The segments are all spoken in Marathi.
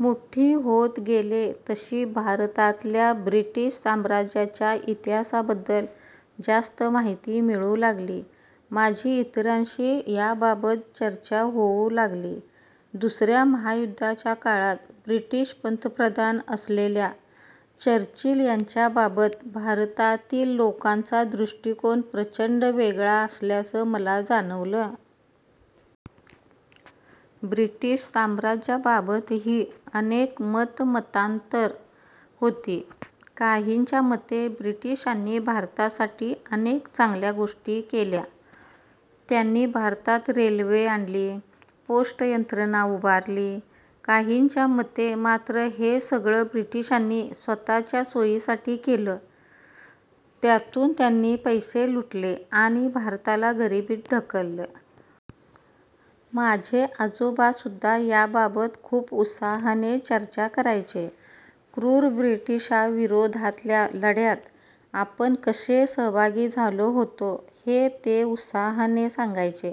मोठी होत गेले, तशी भारतातल्या ब्रिटीश साम्राज्याच्या इतिहासाबद्दल जास्त माहिती मिळू लागली. माझी इतरांशी याबाबत चर्चा होऊ लागली. दुसऱ्या महायुद्धाच्या काळात ब्रिटीश पंतप्रधान असलेल्या चर्चिल यांच्याबाबत भारतातील लोकांचा दृष्टिकोन प्रचंड वेगळा असल्याचं मला जाणवलं. ब्रिटीश साम्राज्याबाबतही अनेक मतमतांतरं होती. काहींच्या मते, ब्रिटिशांनी भारतासाठी अनेक चांगल्या गोष्टी केल्या. त्यांनी भारतात रेल्वे आणली. पोस्ट यंत्रणा उभारली. काहींच्या मते मात्र हे सगळं ब्रिटिशांनी स्वतःच्या सोयीसाठी केलं. त्यातून त्यांनी पैसे लुटले आणि भारताला गरिबीत ढकललं. माझे आजोबासुद्धा याबाबत खूप उत्साहाने चर्चा करायचे. 'क्रूर ब्रिटिशां'विरोधातल्या लढ्यात आपण कसे सहभागी झालो होतो, हे ते उत्साहाने सांगायचे.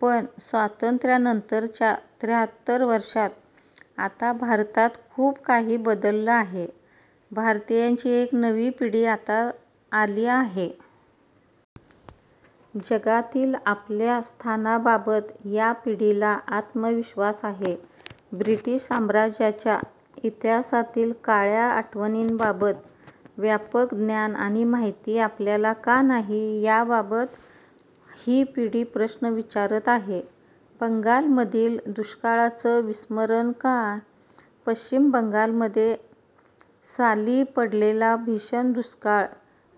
पण स्वातंत्र्यानंतरच्या त्राहत्तर वर्षांत आता भारतात खूप काही बदललं आहे. भारतीयांची एक नवी पिढी आता आली आहे. जगातील आपल्या स्थानाबाबत या पिढीला आत्मविश्वास आहे. ब्रिटीश साम्राज्याच्या इतिहासातील काळ्या आठवणींबाबत व्यापक ज्ञान आणि माहिती आपल्याला का नाही, याबाबत ही पिढी प्रश्न विचारत आहे. बंगालमधील दुष्काळाचं विस्मरण का? पश्चिम बंगालमध्ये साली पडलेला भीषण दुष्काळ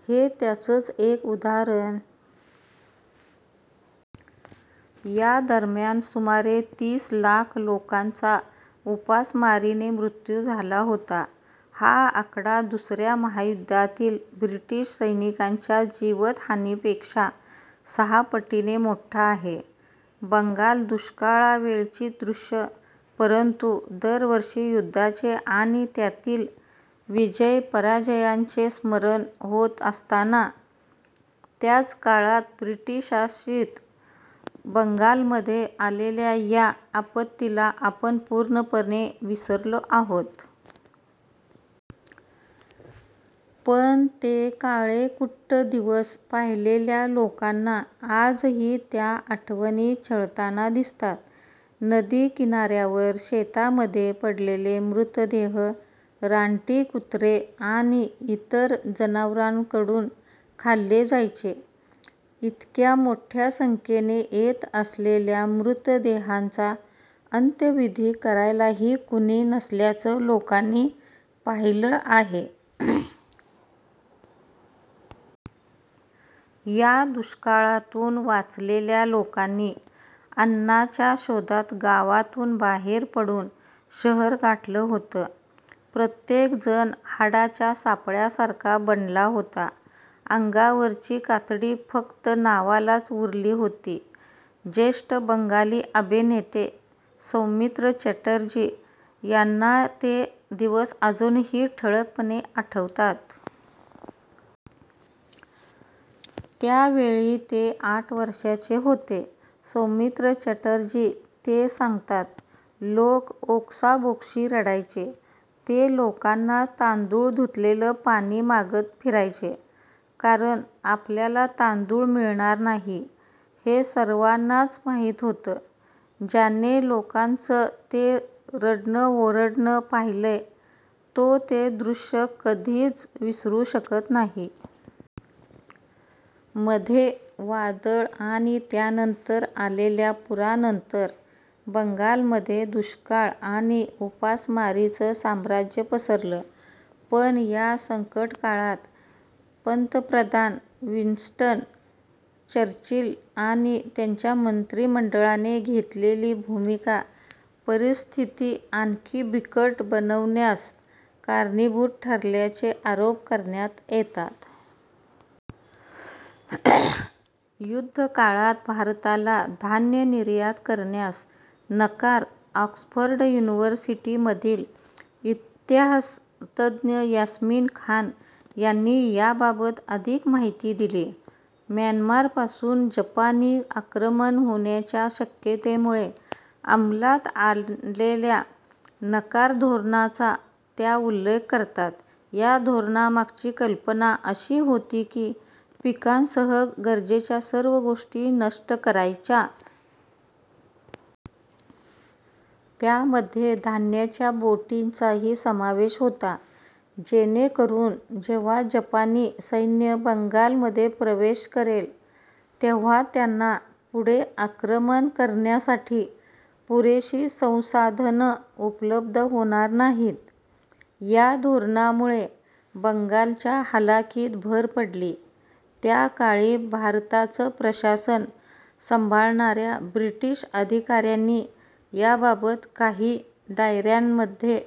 हे त्याचंच एक उदाहरण. या दरम्यान सुमारे तीस लाख लोकांचा उपासमारीने मृत्यू झाला होता. हा आकडा दुसऱ्या महायुद्धातील ब्रिटीश सैनिकांच्या जीवितहानीपेक्षा सहा पटीने मोठा आहे. बंगाल दुष्काळावेळची दृश्यं परंतु, दरवर्षी युद्धाचे आणि त्यातील विजय-पराजयांचे स्मरण होत असताना, त्याच काळात ब्रिटीशशासित बंगालमध्ये आलेल्या या आपत्तीला आपण पूर्णपणे विसरलो आहोत. पण ते काळेकुट्ट दिवस पाहिलेल्या लोकांना आजही त्या आठवणी छळताना दिसतात. नदी किनाऱ्यावर, शेतांमध्ये पडलेले मृतदेह रानटी कुत्रे आणि इतर जनावरांकडून खाल्ले जायचे. इतक्या मोठ्या संख्येने येत असलेल्या मृतदेहांचा अंत्यविधी करायलाही कुणी नसल्याचं लोकांनी पाहिलं आहे. या दुष्काळातून वाचलेल्या लोकांनी अन्नाच्या शोधात गावातून बाहेर पडून शहर गाठलं होतं. प्रत्येक जण हाडाच्या सापळ्यासारखा बनला होता. अंगावरची कातडी फक्त नावालाच उरली होती ज्येष्ठ बंगाली अभिनेते सौमित्र चॅटर्जी यांना ते दिवस अजूनही ठळकपणे आठवतात. त्यावेळी ते आठ वर्षांचे होते. सौमित्र चॅटर्जी ते सांगतात. लोक ओक्साबोक्शी रडायचे. ते लोकांना तांदूळ धुतलेलं पाणी मागत फिरायचे. कारण आपल्याला तांदूळ मिळणार नाही, हे सर्वांनाच माहीत होतं. ज्याने लोकांचं ते रडणं-ओरडणं पाहिलंय, तो ते दृश्य कधीच विसरू शकत नाही. मध्ये वादळ आणि त्यानंतर आलेल्या पुरानंतर बंगालमध्ये दुष्काळ आणि उपासमारीचं साम्राज्य पसरलं. पण या संकट काळात पंतप्रधान विन्स्टन चर्चिल आणि त्यांच्या मंत्रिमंडळाने घेतलेली भूमिका परिस्थिती आणखी बिकट बनवण्यास कारणीभूत ठरल्याचे आरोप करण्यात येतात. युद्धकाळात भारताला धान्य निर्यात करण्यास नकार ऑक्सफर्ड युनिव्हर्सिटीमधील इतिहास तज्ज्ञ यास्मीन खान यांनी याबाबत अधिक माहिती दिली. म्यानमारपासून जपानी आक्रमण होण्याच्या शक्यतेमुळे अंमलात आणलेल्या 'नकार धोरणा'चा त्या उल्लेख करतात. "या धोरणामागची कल्पना अशी होती की, पिकांसह गरजेच्या सर्व गोष्टी नष्ट करायच्या. त्यामध्ये धान्याच्या बोटींचाही समावेश होता. जेणेकरून जेव्हा जपानी सैन्य बंगालमध्ये प्रवेश करेल, तेव्हा त्यांना पुढे आक्रमण करण्यासाठी पुरेशी संसाधनं उपलब्ध होणार नाहीत. या धोरणामुळे बंगालच्या हालाखीत भर पडली. त्या काळी भारताचं प्रशासन सांभाळणाऱ्या ब्रिटीश अधिकाऱ्यांनी याबाबत काही डायऱ्यांमध्ये